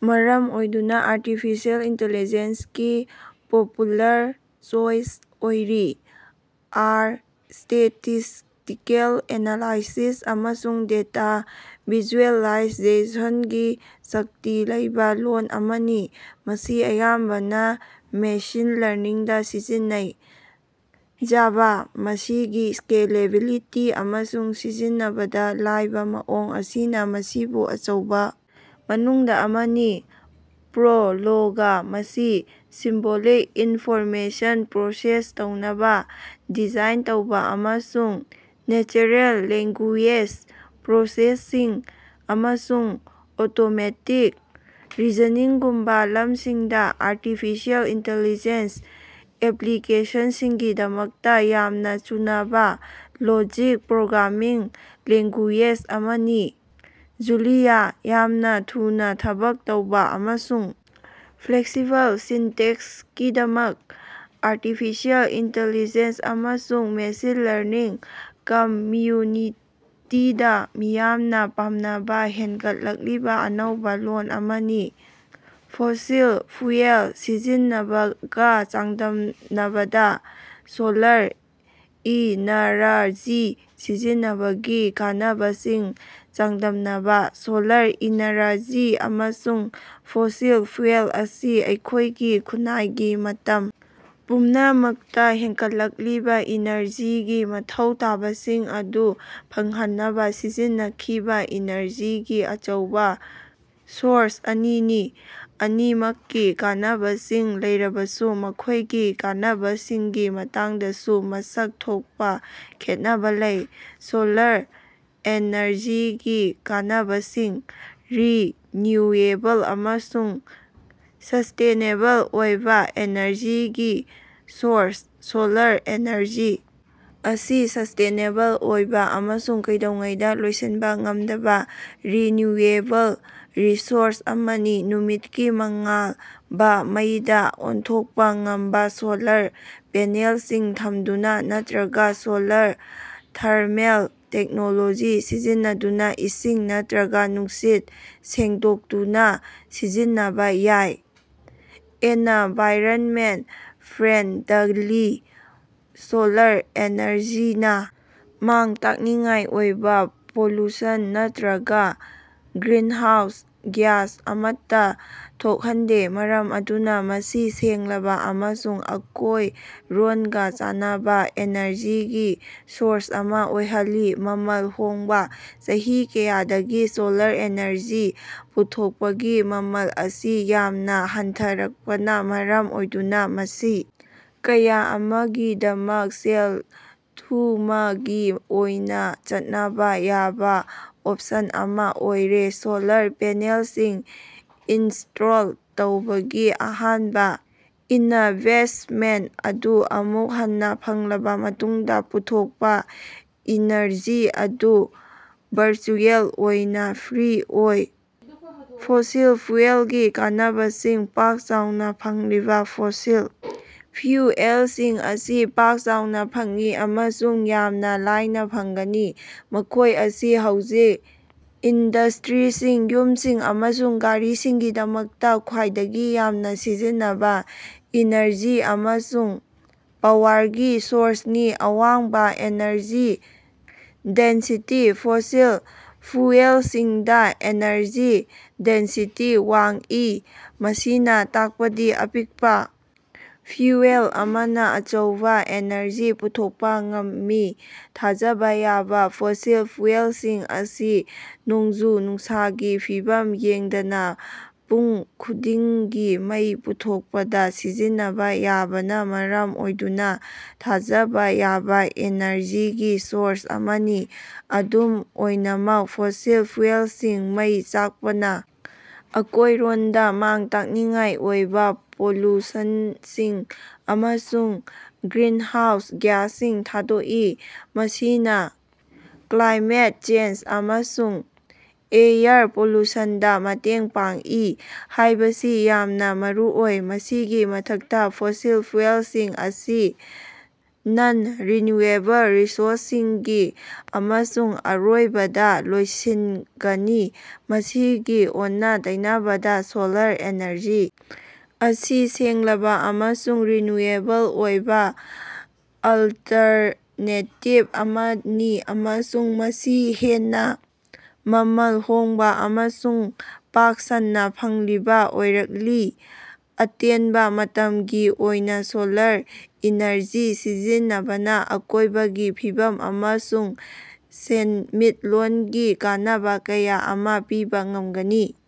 ꯃꯔꯝ ꯑꯣꯏꯗꯨꯅ artificial intelligence ꯀꯤ ꯄꯣꯄꯨꯂꯔ ꯆꯣꯏꯆ ꯑꯣꯏꯔꯤ꯫ ꯑꯥꯔ: ꯁ꯭ꯇꯦꯇꯤꯁ꯭ꯇꯤꯀꯦꯜ ꯑꯦꯅꯥꯂꯥꯏꯁꯤꯁ ꯑꯃꯁꯨꯡ ꯗꯦꯇꯥ ꯚꯤꯖꯨꯑꯦꯂꯥꯏꯖꯦꯁꯟꯒꯤ ꯆꯛꯇꯤ ꯂꯩꯕꯥ ꯂꯣꯜ ꯑꯃꯅꯤ, ꯃꯁꯤ ꯑꯌꯥꯝꯕꯅ ꯃꯦꯁꯤꯟ ꯂꯔꯅꯤꯡꯗ ꯁꯤꯖꯤꯟꯅꯩ꯫ ꯖꯥꯚꯥ: ꯃꯁꯤꯒꯤ ꯁ꯭ꯀꯦꯂꯦꯕꯤꯂꯤꯇꯤ ꯑꯃꯁꯨꯡ ꯁꯤꯖꯤꯟꯅꯕꯗ ꯂꯥꯏꯕ ꯃꯑꯣꯡ ꯑꯁꯤꯅ ꯃꯁꯤꯕꯨ ꯑꯆꯧꯕ ꯃꯅꯨꯡꯗ ꯑꯃꯅꯤ꯫ ꯄ꯭ꯔꯣꯂꯣꯒ: ꯃꯁꯤ ꯁꯤꯝꯕꯣꯂꯤꯛ ꯏꯟꯐꯣꯔꯃꯦꯁꯟ ꯄ꯭ꯔꯣꯁꯦꯁ ꯇꯧꯅꯕ ꯗꯤꯖꯥꯏꯟ ꯇꯧꯕ ꯑꯃꯁꯨꯡ ꯅꯦꯆꯔꯦꯜ ꯂꯦꯡꯒꯨꯌꯦꯖ ꯄ꯭ꯔꯣꯁꯦꯁꯤꯡ ꯑꯃꯁꯨꯡ ꯑꯣꯇꯣꯃꯦꯇꯤꯛ ꯔꯤꯖꯅꯤꯡꯒꯨꯝꯕ ꯂꯝꯁꯤꯡꯗ ꯑꯥꯔꯇꯤꯐꯤꯁꯤꯑꯦꯜ ꯏꯟꯇꯦꯂꯤꯖꯦꯁ ꯑꯦꯄ꯭ꯂꯤꯀꯦꯁꯟꯁꯤꯡꯒꯤꯗꯃꯛꯇ ꯌꯥꯝꯅ ꯆꯨꯅꯕ ꯂꯣꯖꯤꯛ ꯄ꯭ꯔꯣꯒ꯭ꯔꯥꯃꯤꯡ ꯂꯦꯡꯒꯨꯌꯦꯖ ꯑꯃꯅꯤ꯫ ꯖꯨꯂꯤꯌꯥ: ꯌꯥꯝꯅ ꯊꯨꯅ ꯊꯕꯛ ꯇꯧꯕꯥ ꯑꯃꯁꯨꯡ ꯐ꯭ꯂꯦꯛꯁꯤꯕꯜ ꯁꯤꯟꯇꯦꯛꯁꯀꯤꯗꯃꯛ ꯑꯥꯔꯇꯤꯐꯤꯁꯤꯑꯦꯜ ꯏꯟꯇꯦꯂꯤꯖꯦꯁ ꯑꯃꯁꯨꯡ ꯃꯦꯁꯤꯟ ꯂꯔꯅꯤꯡ ꯀꯝꯃ꯭ꯌꯨꯅꯤꯇꯤꯗ ꯃꯤꯌꯥꯝꯅ ꯄꯥꯝꯅꯕ ꯍꯦꯡꯒꯠꯂꯛꯂꯤꯕ ꯑꯅꯧꯕ ꯂꯣꯜ ꯑꯃꯅꯤ꯫ ꯐꯣꯁꯤꯜ ꯐ꯭ꯌꯨꯑꯦꯜ ꯁꯤꯖꯤꯟꯅꯕꯒ ꯆꯥꯡꯗꯝꯅꯕꯗ ꯁꯣꯂꯥꯔ ꯏꯅꯔꯖꯤ ꯁꯤꯖꯤꯟꯅꯕꯒꯤ ꯀꯥꯟꯅꯕꯁꯤꯡ ꯆꯥꯡꯗꯝꯅꯕ ꯫ ꯁꯣꯂꯥꯔ ꯏꯅꯔꯖꯤ ꯑꯃꯁꯨꯡ ꯐꯣꯁꯤꯜ ꯐ꯭ꯌꯨꯑꯦꯜ ꯑꯁꯤ ꯑꯩꯈꯣꯏꯒꯤ ꯈꯨꯟꯅꯥꯏꯒꯤ ꯃꯇꯝ ꯄꯨꯝꯅꯃꯛꯇ ꯍꯦꯡꯒꯠꯂꯛꯂꯤꯕ ꯏꯅꯔꯖꯤꯒꯤ ꯃꯊꯧ ꯇꯥꯕꯁꯤꯡ ꯑꯗꯨ ꯐꯪꯍꯟꯅꯕ ꯁꯤꯖꯤꯟꯅꯈꯤꯕ ꯏꯅꯔꯖꯤꯒꯤ ꯑꯆꯧꯕ ꯁꯣꯔꯁ ꯑꯅꯤꯅꯤ꯫ ꯑꯅꯤꯃꯛꯀꯤ ꯀꯥꯟꯅꯕꯁꯤꯡ ꯂꯩꯔꯕꯁꯨ ꯃꯈꯣꯏꯒꯤ ꯀꯥꯟꯅꯕꯁꯤꯡꯒꯤ ꯃꯇꯥꯡꯗꯁꯨ ꯃꯁꯛ ꯊꯣꯛꯄ ꯈꯦꯠꯅꯕ ꯂꯩ꯫ ꯁꯣꯂꯥꯔ ꯑꯦꯅꯔꯖꯤꯒꯤ ꯀꯥꯟꯅꯕꯁꯤꯡ: ꯔꯤꯅ꯭ꯌꯨꯑꯦꯕꯜ ꯑꯃꯁꯨꯡ ꯁ꯭ꯁꯇꯦꯅꯦꯕꯜ ꯑꯣꯏꯕ ꯑꯦꯅꯔꯖꯤꯒꯤ ꯁꯣꯔꯁ: ꯁꯣꯂꯥꯔ ꯑꯦꯅꯔꯖꯤ ꯑꯁꯤ ꯁ꯭ꯁꯇꯦꯅꯦꯕꯜ ꯑꯣꯏꯕ ꯑꯃꯁꯨꯡ ꯀꯩꯗꯧꯉꯩꯗ ꯂꯣꯏꯁꯤꯟꯕ ꯉꯝꯗꯕ ꯔꯤꯅ꯭ꯌꯨꯑꯦꯕꯜ ꯔꯤꯁꯣꯔꯁ ꯑꯃꯅꯤ꯫ ꯅꯨꯃꯤꯠꯀꯤ ꯃꯉꯥꯜꯕ ꯃꯩꯗꯥ ꯑꯣꯟꯊꯣꯛꯄ ꯉꯝꯕ ꯁꯣꯂꯥꯔ ꯄꯦꯅꯦꯜꯁꯤꯡ ꯊꯝꯗꯨꯅ ꯅꯠꯇꯔ꯭ꯒ ꯁꯣꯂꯥꯔ ꯊꯔꯃꯦꯜ ꯇꯦꯛꯅꯣꯂꯣꯖꯤ ꯁꯤꯖꯤꯟꯅꯗꯨꯅ ꯏꯁꯤꯡ ꯅꯠꯇꯔ꯭ꯒ ꯅꯨꯡꯁꯤꯠ ꯁꯦꯡꯗꯣꯛꯇꯨꯅ ꯁꯤꯖꯤꯟꯅꯕ ꯌꯥꯏ꯫ ꯑꯦꯅꯚꯥꯏꯔꯟꯃꯦꯟꯠ ꯐ꯭ꯔꯦꯟꯗꯂꯤ: ꯁꯣꯂꯥꯔ ꯑꯦꯅꯔꯖꯤꯅ ꯃꯥꯡ-ꯇꯥꯛꯅꯤꯡꯉꯥꯏ ꯑꯣꯏꯕ ꯄꯣꯂꯨꯁꯟ ꯅꯠꯇꯔ꯭ꯒ ꯒ꯭ꯔꯤꯟꯍꯥꯎꯁ ꯒ꯭ꯌꯥꯁ ꯑꯃꯠꯇ ꯊꯣꯛꯍꯟꯗꯦ, ꯃꯔꯝ ꯑꯗꯨꯅ ꯃꯁꯤ ꯁꯦꯡꯂꯕ ꯑꯃꯁꯨꯡ ꯑꯀꯣꯏꯔꯣꯟꯒ ꯆꯥꯟꯅꯕ ꯏꯅꯔꯖꯤꯒꯤ ꯁꯣꯔꯁ ꯑꯃ ꯑꯣꯏꯍꯜꯂꯤ꯫ ꯃꯃꯜ ꯍꯣꯡꯕ: ꯆꯍꯤ ꯀꯌꯥꯗꯒꯤ ꯁꯣꯂꯥꯔ ꯏꯅꯔꯖꯤ ꯄꯨꯊꯣꯛꯄꯒꯤ ꯃꯃꯜ ꯑꯁꯤ ꯌꯥꯝꯅ ꯍꯟꯊꯔꯛꯄꯅ ꯃꯔꯝ ꯑꯣꯏꯗꯨꯅ ꯃꯁꯤ ꯀꯌꯥ ꯑꯃꯒꯤꯗꯃꯛ ꯁꯦꯜ-ꯊꯨꯃꯒꯤ ꯑꯣꯏꯅ ꯆꯠꯅꯕ ꯌꯥꯕꯥ ꯑꯣꯞꯁꯟ ꯑꯃꯥ ꯑꯣꯏꯔꯦ꯫ ꯁꯣꯂꯥꯔ ꯄꯦꯅꯦꯜꯁꯤꯡ ꯏꯟꯁ꯭ꯇꯣꯜ ꯇꯧꯕꯒꯤ ꯑꯍꯥꯟꯕ ꯏꯅꯚꯦꯁꯠꯃꯦꯟꯠ ꯑꯗꯨ ꯑꯃꯨꯛ ꯍꯟꯅ ꯐꯪꯂꯕ ꯃꯇꯨꯡꯗ, ꯄꯨꯊꯣꯛꯄꯥ ꯏꯅꯔꯖꯤ ꯑꯗꯨ ꯚꯔꯆꯨꯑꯦꯜ ꯑꯣꯏꯅ ꯐ꯭ꯔꯤ ꯑꯣꯏ꯫ ꯐꯣꯁꯤꯜ ꯐ꯭ꯌꯨꯑꯦꯜꯒꯤ ꯀꯥꯟꯅꯕꯁꯤꯡ: ꯄꯥꯛ-ꯆꯥꯎꯅ ꯐꯪꯂꯤꯕ: ꯐꯣꯁꯤꯜ ꯐ꯭ꯌꯨꯑꯦꯜꯁꯤꯡ ꯑꯁꯤ ꯄꯥꯛ-ꯆꯥꯎꯅ ꯐꯪꯏ ꯑꯃꯁꯨꯡ ꯌꯥꯝꯅ ꯂꯥꯏꯅ ꯐꯪꯒꯅꯤ꯫ ꯃꯈꯣꯏ ꯑꯁꯤ ꯍꯧꯖꯤꯛ ꯏꯟꯗ꯭ꯁꯇꯔꯤꯁꯤꯡ, ꯌꯨꯝꯁꯤꯡ, ꯑꯃꯁꯨꯡ ꯒꯥꯔꯤꯁꯤꯡꯒꯤꯗꯃꯛꯇ ꯈ꯭ꯋꯥꯏꯗꯒꯤ ꯌꯥꯝꯅ ꯁꯤꯖꯤꯟꯅꯕ ꯏꯅꯔꯖꯤ ꯑꯃꯁꯨꯡ ꯄꯥꯋꯔꯒꯤ ꯁꯣꯔꯁꯅꯤ꯫ ꯑꯋꯥꯡꯕ ꯑꯦꯅꯔꯖꯤ ꯗꯦꯟꯁꯤꯇꯤ: ꯐꯣꯁꯤꯜ ꯐ꯭ꯌꯨꯑꯦꯜꯁꯤꯡꯗ ꯑꯦꯅꯔꯖꯤ ꯗꯦꯟꯁꯤꯇꯤ ꯋꯥꯡꯏ, ꯃꯁꯤꯅ ꯇꯥꯛꯄꯗꯤ ꯑꯄꯤꯛꯄ ꯐ꯭ꯌꯨꯑꯦꯜ ꯑꯃꯅ ꯑꯆꯧꯕ ꯑꯦꯅꯔꯖꯤ ꯄꯨꯊꯣꯛꯄ ꯉꯝꯃꯤ꯫ ꯊꯥꯖꯕ ꯌꯥꯕ: ꯐꯣꯁꯤꯜ ꯐ꯭ꯌꯨꯑꯦꯜꯁꯤꯡ ꯑꯁꯤ ꯅꯣꯡꯖꯨ-ꯅꯨꯡꯁꯥꯒꯤ ꯐꯤꯚꯝ ꯌꯦꯡꯗꯅ ꯄꯨꯡ ꯈꯨꯗꯤꯡꯒꯤ ꯃꯩ ꯄꯨꯊꯣꯛꯄꯗ ꯁꯤꯖꯤꯟꯅꯕ ꯌꯥꯕꯅ ꯃꯔꯝ ꯑꯣꯏꯗꯨꯅ ꯊꯥꯖꯕ ꯌꯥꯕ ꯏꯅꯔꯖꯤꯒꯤ ꯁꯣꯔꯁ ꯑꯃꯅꯤ꯫ ꯑꯗꯨꯝ ꯑꯣꯏꯅꯃꯛ, ꯐꯣꯁꯤꯜ ꯐ꯭ꯌꯨꯑꯦꯜꯁꯤꯡ ꯃꯩ ꯆꯥꯛꯄꯅ ꯑꯀꯣꯏꯔꯣꯟꯗ ꯃꯥꯡ-ꯇꯥꯛꯅꯤꯡꯉꯥꯏ ꯑꯣꯏꯕ ꯄꯣꯂꯨꯁꯟꯁꯤꯡ ꯑꯃꯁꯨꯡ ꯒ꯭ꯔꯤꯟꯍꯥꯎꯁ ꯒ꯭ꯌꯥꯁꯁꯤꯡ ꯊꯥꯗꯣꯛꯏ, ꯃꯁꯤꯅꯥ ꯀ꯭ꯂꯥꯏꯃꯦꯠ ꯆꯦꯟꯖ ꯑꯃꯁꯨꯡ ꯑꯦꯌꯔ ꯄꯣꯂꯨꯁꯟꯗ ꯃꯇꯦꯡ ꯄꯥꯡꯏ ꯍꯥꯏꯕꯁꯤ ꯌꯥꯝꯅ ꯃꯔꯨꯑꯣꯏ꯫ ꯃꯁꯤꯒꯤ ꯃꯊꯛꯇ, ꯐꯣꯁꯤꯜ ꯐ꯭ꯌꯨꯑꯦꯜꯁꯤꯡ ꯑꯁꯤ ꯅꯟ-ꯔꯤꯅ꯭ꯌꯨꯑꯦꯕꯜ ꯔꯤꯁꯣꯔꯁꯁꯤꯡꯒꯤ ꯑꯃꯁꯨꯡ ꯑꯔꯣꯏꯕꯗ ꯂꯣꯏꯁꯤꯟꯒꯅꯤ꯫ ꯃꯁꯤꯒꯤ ꯑꯣꯟꯅ-ꯇꯩꯅꯕꯗꯥ, ꯁꯣꯂꯥꯔ ꯑꯦꯅꯔꯖꯤ ꯑꯁꯤ ꯁꯦꯡꯂꯕ ꯑꯃꯁꯨꯡ ꯔꯤꯅ꯭ꯌꯨꯑꯦꯕꯜ ꯑꯣꯏꯕ ꯑꯜꯇꯔꯅꯦꯇꯤꯕ ꯑꯃꯅꯤ ꯑꯃꯁꯨꯡ ꯃꯁꯤ ꯍꯦꯟꯅ ꯃꯃꯜ ꯍꯣꯡꯕ ꯑꯃꯁꯨꯡ ꯄꯥꯛ ꯁꯟꯅ ꯐꯪꯂꯤꯕ ꯑꯣꯏꯔꯛꯂꯤ꯫ ꯑꯇꯦꯟꯕ ꯃꯇꯝꯒꯤ ꯑꯣꯏꯅ ꯁꯣꯂꯥꯔ ꯏꯅꯔꯖꯤ ꯁꯤꯖꯤꯟꯅꯕꯅ ꯑꯀꯣꯏꯕꯒꯤ ꯐꯤꯕꯝ ꯑꯃꯁꯨꯡ ꯁꯦꯟꯃꯤꯠꯂꯣꯟꯒꯤ ꯀꯥꯟꯅꯕ ꯀꯌꯥ ꯑꯃꯥ ꯄꯤꯕ ꯉꯝꯒꯅꯤ꯫